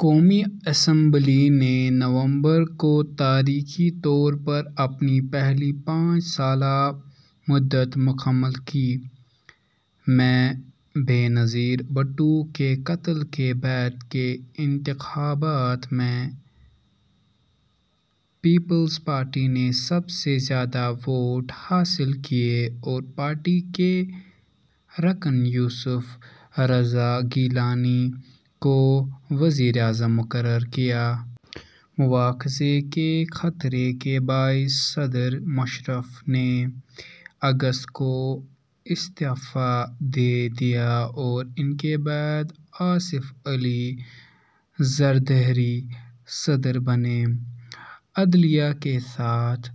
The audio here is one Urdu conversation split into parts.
قومی اسمبلی نے نومبر کو تاریخی طور پر اپنی پہلی پانچ سالہ مدت مکمل کی۔ میں بے نظیر بھٹو کے قتل کے بعد کے انتخابات میں پیپلز پارٹی نے سب سے زیادہ ووٹ حاصل کیے اور پارٹی کے رکن یوسف رضا گیلانی کو وزیر اعظم مقرر کیا۔ مواخذے کے خطرے کے باعث صدر مشرف نے اگست کو استعفا دے دیا اور ان کے بعد آصف علی زردہری صدر بنے۔ عدلیہ کے ساتھ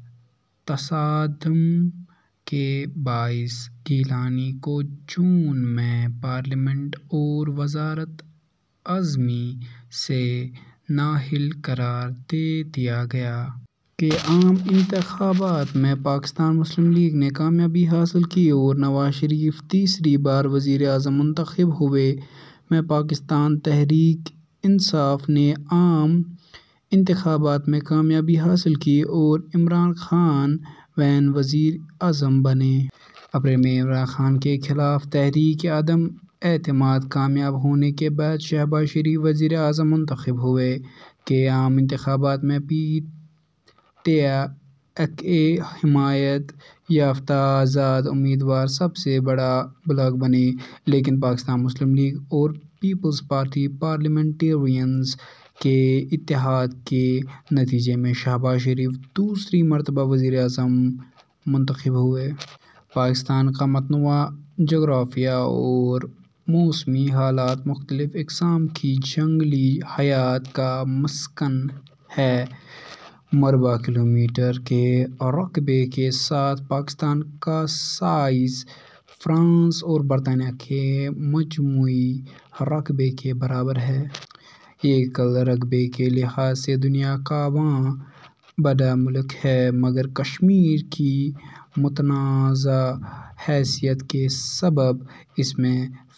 تصادم کے باعث گیلانی کو جون میں پارلیمنٹ اور وزارت عظمیٰ سے نااہل قرار دے دیا گیا۔ کے عام انتخابات میں پاکستان مسلم لیگ نے کامیابی حاصل کی اور نواز شریف تیسری بار وزیر اعظم منتخب ہوئے۔ میں پاکستان تحریک انصاف نے عام انتخابات میں کامیابی حاصل کی اور عمران خان ویں وزیر اعظم بنے۔ اپریل میں عمران خان کے خلاف تحریک عدم اعتماد کامیاب ہونے کے بعد شہباز شریف وزیر اعظم منتخب ہوئے۔ کے عام انتخابات میں پ۔ ت۔ ا کے حمایت یافتہ آزاد امیدوار سب سے بڑا بلاک بنے، لیکن پاکستان مسلم لیگ اور پیپلز پارٹی پارلیمنٹیرینز کے اتحاد کے نتیجے میں شہباز شریف دوسری مرتبہ وزیر اعظم منتخب ہوئے۔ پاکستان کا متنوع جغرافیہ اور موسمی حالات مختلف اقسام کی جنگلی حیات کا مسکن ہیں۔ مربع کلومیٹر کے رقبے کے ساتھ پاکستان کا سائز فرانس اور برطانیہ کے مجموعی رقبے کے برابر ہے۔ یہ کل رقبے کے لحاظ سے دنیا کا واں بڑا ملک ہے، مگر کشمیر کی متنازع حیثیت کے سبب اس میں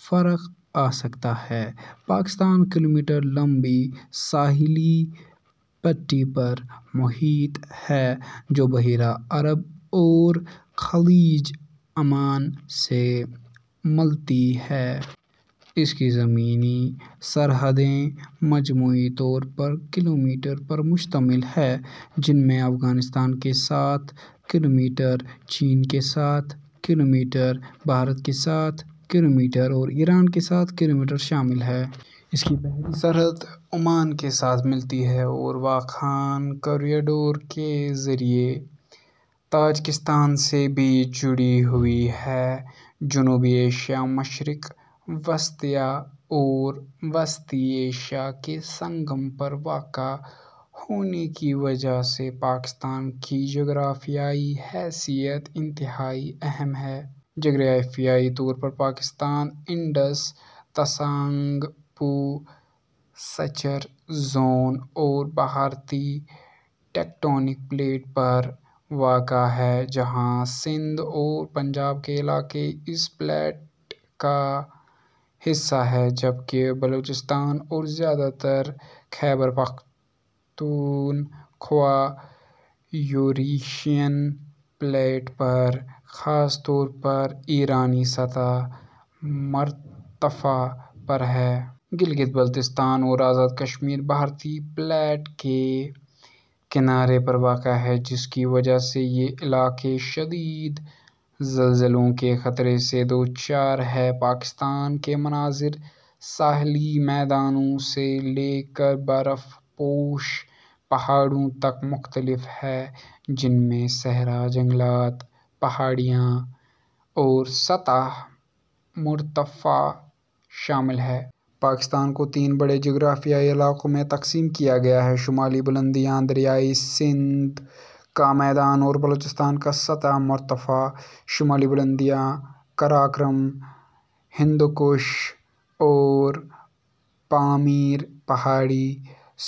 فرق آ سکتا ہے۔ پاکستان کلومیٹر لمبی ساحلی پٹی پر محیط ہے جو بحیرہ عرب اور خلیج عمان سے ملتی ہے۔ اس کی زمینی سرحدیں مجموعی طور پر کلومیٹر پر مشتمل ہیں، جن میں افغانستان کے ساتھ کلومیٹر ، چین کے ساتھ کلومیٹر ، بھارت کے ساتھ کلومیٹر اور ایران کے ساتھ کلومیٹر شامل ہیں۔ اس کی بحری سرحد عمان کے ساتھ ملتی ہے اور واخان کوریڈور کے ذریعے تاجکستان سے بھی جڑی ہوئی ہے۔ جنوبی ایشیا، مشرق وسطیٰ اور وسطی ایشیا کے سنگم پر واقع ہونے کی وجہ سے پاکستان کی جغرافیائی حیثیت انتہائی اہم ہے۔ جغرافیائی طور پر پاکستان انڈس-تسانگپو سچّر زون اور بھارتی ٹیکٹونک پلیٹ پر واقع ہے، جہاں سندھ اور پنجاب کے علاقے اس پلیٹ کا حصہ ہیں جبکہ بلوچستان اور زیادہ تر خیبر پختونخوا یوریشین پلیٹ پر، خاص طور پر ایرانی سطح مرتفع پر ہیں۔ گلگت بلتستان اور آزاد کشمیر بھارتی پلیٹ کے کنارے پر واقع ہیں، جس کی وجہ سے یہ علاقے شدید زلزلوں کے خطرے سے دوچار ہیں۔ پاکستان کے مناظر ساحلی میدانوں سے لے کر برف پوش پہاڑوں تک مختلف ہیں، جن میں صحرا، جنگلات، پہاڑیاں اور سطح مرتفع شامل ہیں۔ پاکستان کو تین بڑے جغرافیائی علاقوں میں تقسیم کیا گیا ہے: شمالی بلندیاں، دریائے سندھ کا میدان اور بلوچستان کا سطح مرتفع۔ شمالی بلندیاں قراقرم، ہندوکش اور پامیر پہاڑی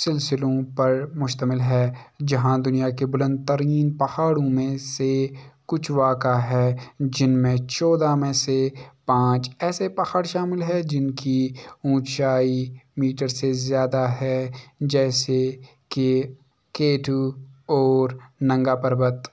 سلسلوں پر مشتمل ہیں، جہاں دنیا کے بلند ترین پہاڑوں میں سے کچھ واقع ہیں، جن میں چودہ میں سے پانچ ایسے پہاڑ شامل ہیں جن کی اونچائی میٹر سے زیادہ ہے، جیسے کہ کے ٹو اور نانگا پربت ۔